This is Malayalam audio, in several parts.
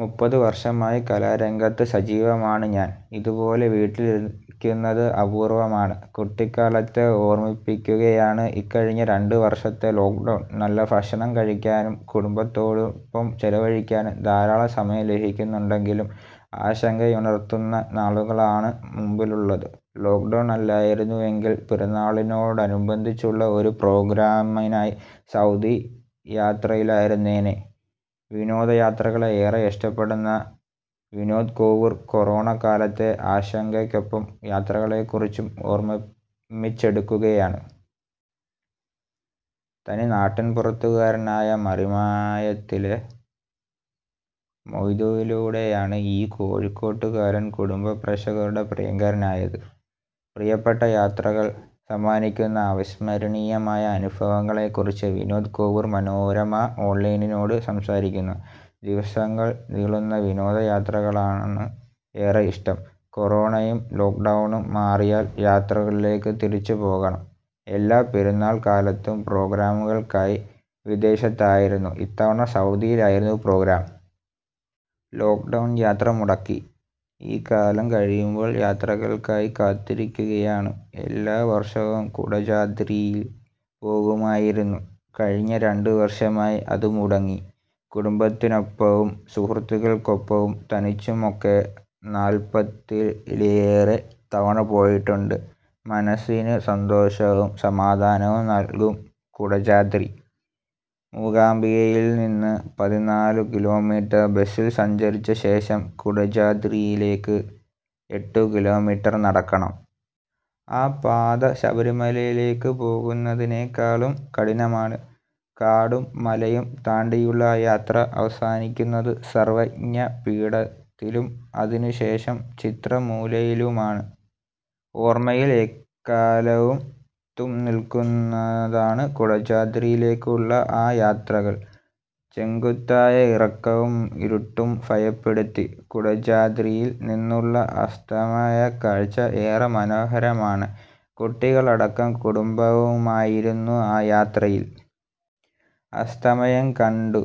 മുപ്പതു വർഷമായി കലാരംഗത്ത് സജീവമാണ് ഞാൻ. ഇതുപോലെ വീട്ടിലിരിക്കുന്നത് അപൂർവമാണ്. കുട്ടിക്കാലത്തെ ഓർമിപ്പിക്കുകയാണ് ഇക്കഴിഞ്ഞ രണ്ടു വർഷത്തെ ലോക്ഡൗൺ. നല്ല ഭക്ഷണം കഴിക്കാനും കുടുംബത്തോടൊപ്പം ചെലവഴിക്കാനും ധാരാളം സമയം ലഭിക്കുന്നുണ്ടെങ്കിലും ആശങ്കയുണർത്തുന്ന നാളുകളാണ് മുമ്പിലുള്ളത്. ലോക്ഡൗൺ അല്ലായിരുന്നുവെങ്കിൽ പെരുന്നാളിനോടനുബന്ധിച്ചുള്ള ഒരു പ്രോഗ്രാമിനായി സൗദി യാത്രയിലായിരുന്നേനേ. വിനോദയാത്രകളെ ഏറെ ഇഷ്ടപ്പെടുന്ന വിനോദ് കോവൂർ കൊറോണക്കാലത്തെ ആശങ്കയ്ക്കൊപ്പം യാത്രകളെക്കുറിച്ചും ഓർമിച്ചെടുക്കുകയാണ്. തനിനാട്ടിൻപുറത്തുകാരനായ മറിമായത്തിലെ മൊയ്തുവിലൂടെയാണ് ഈ കോഴിക്കോട്ടുകാരൻ കുടുംബ പ്രേക്ഷകരുടെ പ്രിയങ്കരനായത്. പ്രിയപ്പെട്ട യാത്രകൾ സമ്മാനിക്കുന്ന അവിസ്മരണീയമായ അനുഭവങ്ങളെക്കുറിച്ച് വിനോദ് കോവൂർ മനോരമ ഓൺലൈനിനോട് സംസാരിക്കുന്നു. ദിവസങ്ങൾ നീളുന്ന വിനോദയാത്രകളാണ് ഏറെയിഷ്ടം. കൊറോണയും ലോക്ഡൗണും മാറിയാൽ യാത്രകളിലേക്ക് തിരിച്ചു പോകണം. എല്ലാ പെരുന്നാൾ കാലത്തും പ്രോഗ്രാമുകൾക്കായി വിദേശത്തായിരിക്കും. ഇത്തവണ സൗദിയിലായിരുന്നു പ്രോഗ്രാം. ലോക്ഡൗൺ യാത്ര മുടക്കി. ഈ കാലം കഴിയുമ്പോൾ യാത്രകൾക്കായി കാത്തിരിക്കുകയാണ്. എല്ലാ വർഷവും കുടജാദ്രിയിൽ പോകുമായിരുന്നു. കഴിഞ്ഞ രണ്ടു വർഷമായി അതു മുടങ്ങി. കുടുംബത്തിനൊപ്പവും സുഹൃത്തുക്കൾക്കൊപ്പവും തനിച്ചുമൊക്കെ നാൽപതിലേറെ തവണ പോയിട്ടുണ്ട്. മനസ്സിനു സന്തോഷവും സമാധാനവും നൽകും കുടജാദ്രി. മൂകാംബികയിൽനിന്ന് പതിനാലു കിലോമീറ്റർ ബസിൽ സഞ്ചരിച്ച ശേഷം കുടജാദ്രിയിലേക്ക് എട്ടു കിലോമീറ്റർ നടക്കണം. ആ പാത ശബരിമലയിലേക്ക് പോകുന്നതിനേക്കാളും കഠിനമാണ്. കാടും മലയും താണ്ടിയുള്ള ആ യാത്ര അവസാനിക്കുന്നത് സർവജ്ഞ പീഠത്തിലും അതിനുശേഷം ചിത്രമൂലയിലുമാണ്. ഓർമയിൽ എക്കാലത്തും നിൽക്കുന്നതാണ് കുടജാദ്രിയിലേക്കുള്ള ആ യാത്രകൾ. ചെങ്കുത്തായ ഇറക്കവും ഇരുട്ടും ഭയപ്പെടുത്തി. കുടജാദ്രിയിൽ നിന്നുള്ള അസ്തമയക്കാഴ്ച ഏറെ മനോഹരമാണ്. കുട്ടികളടക്കം കുടുംബവുമുണ്ടായിരുന്നു ആ യാത്രയിൽ. അസ്തമയം കണ്ടു,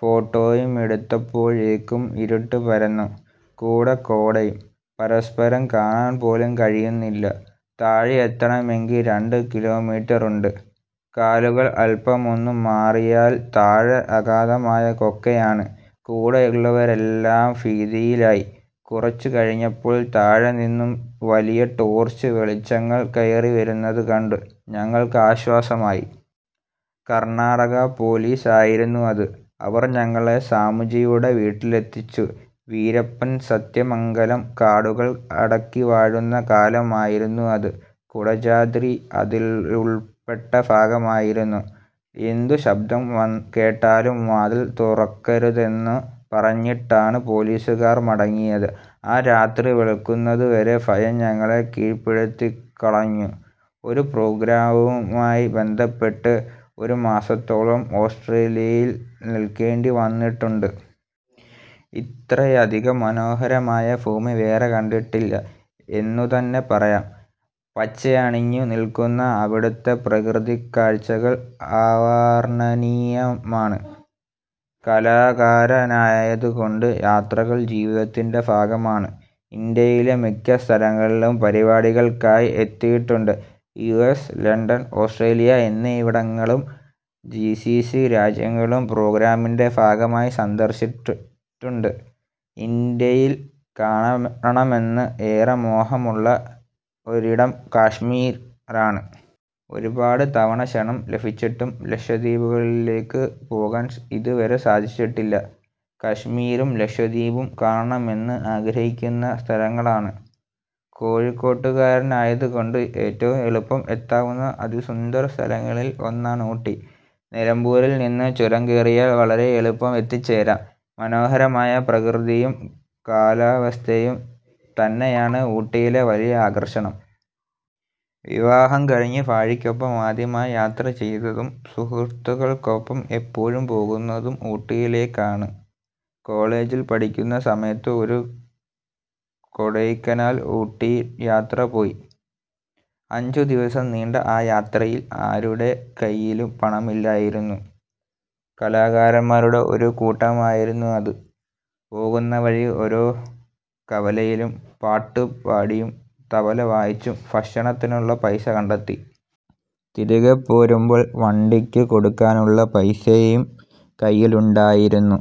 ഫോട്ടോയും എടുത്തപ്പോഴേക്കും ഇരുട്ട് പരന്നു, കൂടെ കോടയും. പരസ്പരം കാണാൻ പോലും കഴിയുന്നില്ല. താഴെയെത്തണമെങ്കിൽ രണ്ടു കിലോമീറ്ററുണ്ട്. കാലുകൾ അൽപമൊന്നു മാറിയാൽ താഴെ അഗാധമായ കൊക്കയാണ്. കൂടെയുള്ളവരെല്ലാം ഭീതിയിലായി. കുറച്ചു കഴിഞ്ഞപ്പോൾ താഴെനിന്നു വലിയ ടോർച്ച് വെളിച്ചങ്ങൾ കയറി വരുന്നതു കണ്ടു. ഞങ്ങൾക്ക് ആശ്വാസമായി. കർണാടക പൊലീസ് ആയിരുന്നു അത്. അവർ ഞങ്ങളെ സ്വാമിജിയുടെ വീട്ടിലെത്തിച്ചു. വീരപ്പൻ സത്യമംഗലം കാടുകൾ അടക്കിവാഴുന്ന കാലമായിരുന്നു അത്. കുടജാദ്രി അതിലുൾപ്പെട്ട ഭാഗമായിരുന്നു. എന്തു ശബ്ദം കേട്ടാലും വാതിൽ തുറക്കരുതെന്നു പറഞ്ഞിട്ടാണ് പൊലീസുകാർ മടങ്ങിയത്. ആ രാത്രി വെളുക്കുന്നതുവരെ ഭയം ഞങ്ങളെ കീഴ്പ്പെടുത്തിക്കളഞ്ഞു. ഒരു പ്രോഗ്രാമുമായി ബന്ധപ്പെട്ട് ഒരു മാസത്തോളം ഓസ്ട്രേലിയയിൽ നിൽക്കേണ്ടി വന്നിട്ടുണ്ട്. ഇത്രയധികം മനോഹരമായ ഭൂമി വേറെ കണ്ടിട്ടില്ല എന്നുതന്നെ പറയാം. പച്ചയണിഞ്ഞു നിൽക്കുന്ന അവിടുത്തെ പ്രകൃതിക്കാഴ്ചകൾ അവാർണനീയമാണ്. കലാകാരനായതുകൊണ്ട് യാത്രകൾ ജീവിതത്തിൻ്റെ ഭാഗമാണ്. ഇന്ത്യയിലെ മിക്ക സ്ഥലങ്ങളിലും പരിപാടികൾക്കായി എത്തിയിട്ടുണ്ട്. യുഎസ്, ലണ്ടൻ, ഓസ്ട്രേലിയ എന്നിവിടങ്ങളും ജിസിസി രാജ്യങ്ങളും പ്രോഗ്രാമിൻ്റെ ഭാഗമായി സന്ദർശിച്ചിട്ടുണ്ട്. ഇന്ത്യയിൽ കാണണമെന്ന് ഏറെ മോഹമുള്ള ഒരിടം കശ്മീരാണ്. ഒരുപാട് തവണ ക്ഷണം ലഭിച്ചിട്ടും ലക്ഷദ്വീപുകളിലേക്ക് പോകാൻ ഇതുവരെ സാധിച്ചിട്ടില്ല. കശ്മീരും ലക്ഷദ്വീപും കാണണമെന്ന് ആഗ്രഹിക്കുന്ന സ്ഥലങ്ങളാണ്. കോഴിക്കോട്ടുകാരനായതുകൊണ്ട് ഏറ്റവും എളുപ്പം എത്താവുന്ന അതിസുന്ദര സ്ഥലങ്ങളിൽ ഒന്നാണ് ഊട്ടി. നിലമ്പൂരിൽനിന്നു ചുരം കയറിയാൽ വളരെ എളുപ്പം എത്തിച്ചേരാം. മനോഹരമായ പ്രകൃതിയും കാലാവസ്ഥയും തന്നെയാണ് ഊട്ടിയിലെ വലിയ ആകർഷണം. വിവാഹം കഴിഞ്ഞ് ഭാര്യക്കൊപ്പം ആദ്യമായി യാത്ര ചെയ്തതും സുഹൃത്തുക്കൾക്കൊപ്പം എപ്പോഴും പോകുന്നതും ഊട്ടിയിലേക്കാണ്. കോളജിൽ പഠിക്കുന്ന സമയത്ത് ഒരു കൊടൈക്കനാൽ ഊട്ടി യാത്ര പോയി. അഞ്ചു ദിവസം നീണ്ട ആ യാത്രയിൽ ആരുടെ കൈയിലും പണമില്ലായിരുന്നു. കലാകാരന്മാരുടെ ഒരു കൂട്ടമായിരുന്നു അത്. പോകുന്ന വഴിയിൽ ഓരോ കവലയിലും പാട്ടുപാടിയും തബല വായിച്ചും ഭക്ഷണത്തിനുള്ള പൈസ കണ്ടെത്തി. തിരികെ പോരുമ്പോൾ വണ്ടിക്കു കൊടുക്കാനുള്ള പൈസയും കൈയിലുണ്ടായിരുന്നു.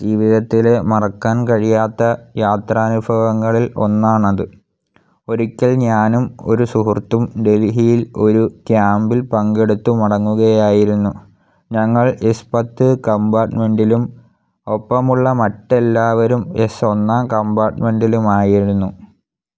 ജീവിതത്തിലെ മറക്കാൻ കഴിയാത്ത യാത്രാനുഭവങ്ങളിൽ ഒന്നാണത്. ഒരിക്കൽ ഞാനും ഒരു സുഹൃത്തും ഡൽഹിയിൽ ഒരു ക്യാംപിൽ പങ്കെടുത്തു മടങ്ങുകയായിരുന്നു. ഞങ്ങൾ എസ് പത്ത് കമ്പാർട്ട്മെന്റിലും ഒപ്പമുള്ള മറ്റെല്ലാവരും എസ് ഒന്നാം കമ്പാർട്ട്മെന്റിലുമായിരുന്നു.